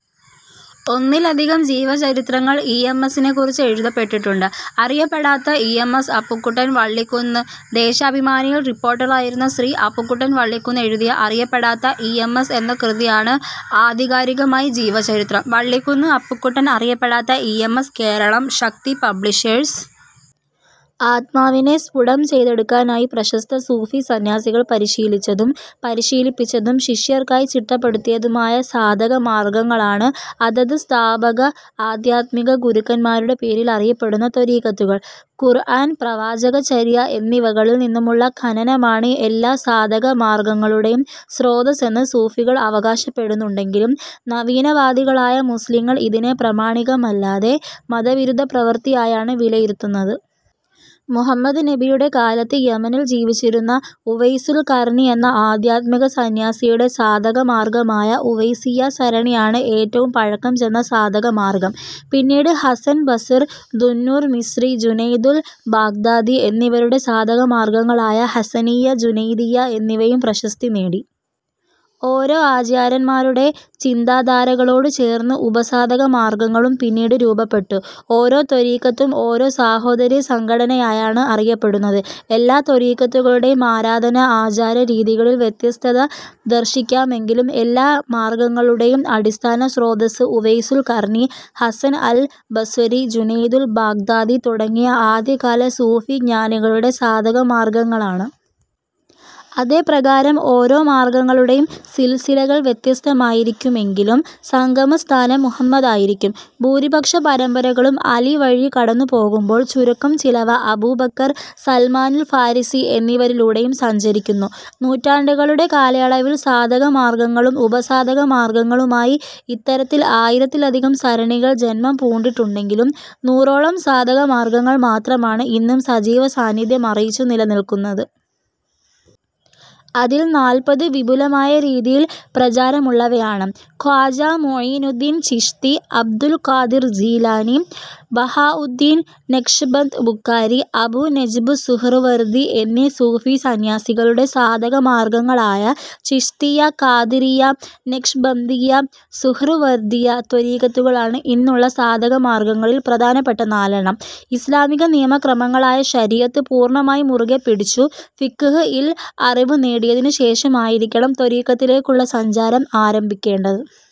ഒന്നിലധികം ജീവചരിത്രങ്ങൾ E. M. എസിനെക്കുറിച്ച് എഴുതപ്പെട്ടിട്ടുണ്ട്. അറിയപ്പെടാത്ത E. M. S Appukuttan Vallikkunnu. ദേശാഭിമാനിയിൽ റിപ്പോർട്ടറായിരുന്ന ശ്രീ അപ്പുക്കുട്ടൻ വള്ളിക്കുന്ന് എഴുതിയ അറിയപ്പെടാത്ത ഇ. എം. എസ് എന്ന കൃതിയാണ് ആധികാരികമായി ജീവചരിത്രം. വള്ളിക്കുന്ന്, അപ്പുക്കുട്ടൻ. അറിയപ്പെടാത്ത E. M. S. Keralam: Shakti publishers.. ആത്മാവിനെ സ്ഫുടം ചെയ്തെടുക്കാനായി പ്രശസ്ത സൂഫി സന്യാസികൾ പരിശീലിച്ചതും, പരിശീലിപ്പിച്ചതും, ശിഷ്യർക്കായി ചിട്ടപ്പെടുത്തിയതുമായ സാധക മാർഗ്ഗങ്ങളാണ് അതത് സ്ഥാപക ആധ്യാത്മിക ഗുരുക്കന്മാരുടെ പേരിൽ അറിയപ്പടുന്ന ത്വരീഖത്തുകൾ. ഖുർആൻ, പ്രവാചക ചര്യ എന്നിവകളിൽ നിന്നുമുള്ള ഖനനമാണ് എല്ലാ സാധക മാർഗ്ഗങ്ങളുടെയും സ്രോതസ്സെന്നു സൂഫികൾ അവകാശപ്പെടുന്നുണ്ടെങ്കിലും നവീന വാദികളായ മുസ്ലിങ്ങൾ ഇതിനെ പ്രമാണികമല്ലാത്ത മത വിരുദ്ധ പ്രവൃത്തി ആയാണ് വിലയിരുത്തുന്നത്. മുഹമ്മദ് നബിയുടെ കാലത്ത് യമനിൽ ജീവിച്ചിരുന്ന ഉവൈസുൽ ഖർനി എന്ന ആധ്യാത്മിക സന്യാസിയുടെ സാധക മാർഗ്ഗമായ ഉവൈസിയ്യ സരണിയാണ് ഏറ്റവും പഴക്കം ചെന്ന സാധക മാർഗ്ഗം. പിന്നീട് Hasan Basr, Dunnur Misri, Junaidul Baghdadi എന്നിവരുടെ സാധക മാർഗ്ഗങ്ങളായ ഹസ്സനിയ്യ ജുനൈദിയ്യ എന്നിവയും പ്രശസ്തി നേടി. ഓരോ ആചാര്യന്മാരുടെ ചിന്താധാരകളോട് ചേർന്ന് ഉപ സാധക മാർഗ്ഗങ്ങളും പിന്നീട് രൂപപ്പെട്ടു. ഓരോ ത്വരീഖത്തും ഓരോ സാഹോദര്യ സംഘടനയായാണ് അറിയപ്പെടുന്നത്. എല്ലാ ത്വരീഖത്തുകളുടെയും ആരാധന ആചാര രീതികളിൽ വ്യത്യസ്തത ദർശിക്കാമെങ്കിലും എല്ലാ എല്ലാമാർഗ്ഗങ്ങളുടെയും അടിസ്ഥാന സ്രോതസ്സ് ഉവൈസുൽ ഖർനി, ഹസ്സൻ അൽ ബസ്വരി ജുനൈദുൽ ബാഗ്ദാദി തുടങ്ങിയ ആദ്യ കാല സൂഫി ജ്ഞാനികളുടെ സാധക മാർഗ്ഗങ്ങളാണ്. അതേ പ്രകാരം ഓരോ മാർഗ്ഗങ്ങളുടെയും സിൽസിലകൾ വ്യത്യസ്തമായിരിക്കുമെങ്കിലും സംഗമ സ്ഥാനം മുഹമ്മദ് ആയിരിക്കും. ഭൂരിപക്ഷ പരമ്പരകളും അലി വഴി കടന്നു പോകുമ്പോൾ ചുരുക്കം ചിലവ അബൂബക്കർ, സൽമാനുൽ ഫാരിസി എന്നിവരിലൂടെയും സഞ്ചരിക്കുന്നു. നൂറ്റാണ്ടുകളുടെ കാലയളവിൽ സാധക മാർഗ്ഗങ്ങളും ഉപ സാധക മാർഗ്ഗങ്ങളുമായി ഇത്തരത്തിൽ ആയിരത്തിലധികം സരണികൾ ജന്മം പൂണ്ടിട്ടുണ്ടെങ്കിലും നൂറോളം സാധക മാർഗ്ഗങ്ങൾ മാത്രമാണ് ഇന്നും സജീവ സാന്നിധ്യമറിയിച്ചു നിലനിൽക്കുന്നത്. അതിൽ നാൽപത് വിപുലമായ രീതിയിൽ പ്രചാരമുള്ളവയാണ്. ഖ്വാജാ മുഈനുദ്ദീൻ ചിശ്തി, അബ്ദുൽ ഖാദിർ ഗീലാനി, ബഹാഉദ്ദീൻ നഖ്ശ്ബന്ദ് ബുഖാരി, അബൂ നജ്ബ് സുഹ്റവര്ദി എന്നീ സൂഫി സന്യാസികളുടെ സാധക മാർഗ്ഗങ്ങളായ ചിശ്തിയ്യ, ഖാദിരിയ്യ, നഖ്ശ്ബന്ദിയ്യ, സുഹ്റവര്ദിയ്യ ത്വരീഖത്തുകളാണ് ഇന്നുള്ള സാധക മാർഗ്ഗങ്ങളിൽ പ്രധാനപ്പെട്ട നാലെണ്ണം. ഇസ്ലാമിക നിയമ ക്രമങ്ങളായ ശരീയത്ത് പൂർണ്ണമായി മുറുകെ പിടിച്ചു ഫിഖ്ഹ് ഇൽ അറിവ് നേടിയതിനു ശേഷമായിരിക്കണം ത്വരീഖത്തിലേക്കുള്ള സഞ്ചാരം ആരംഭിക്കേണ്ടത്.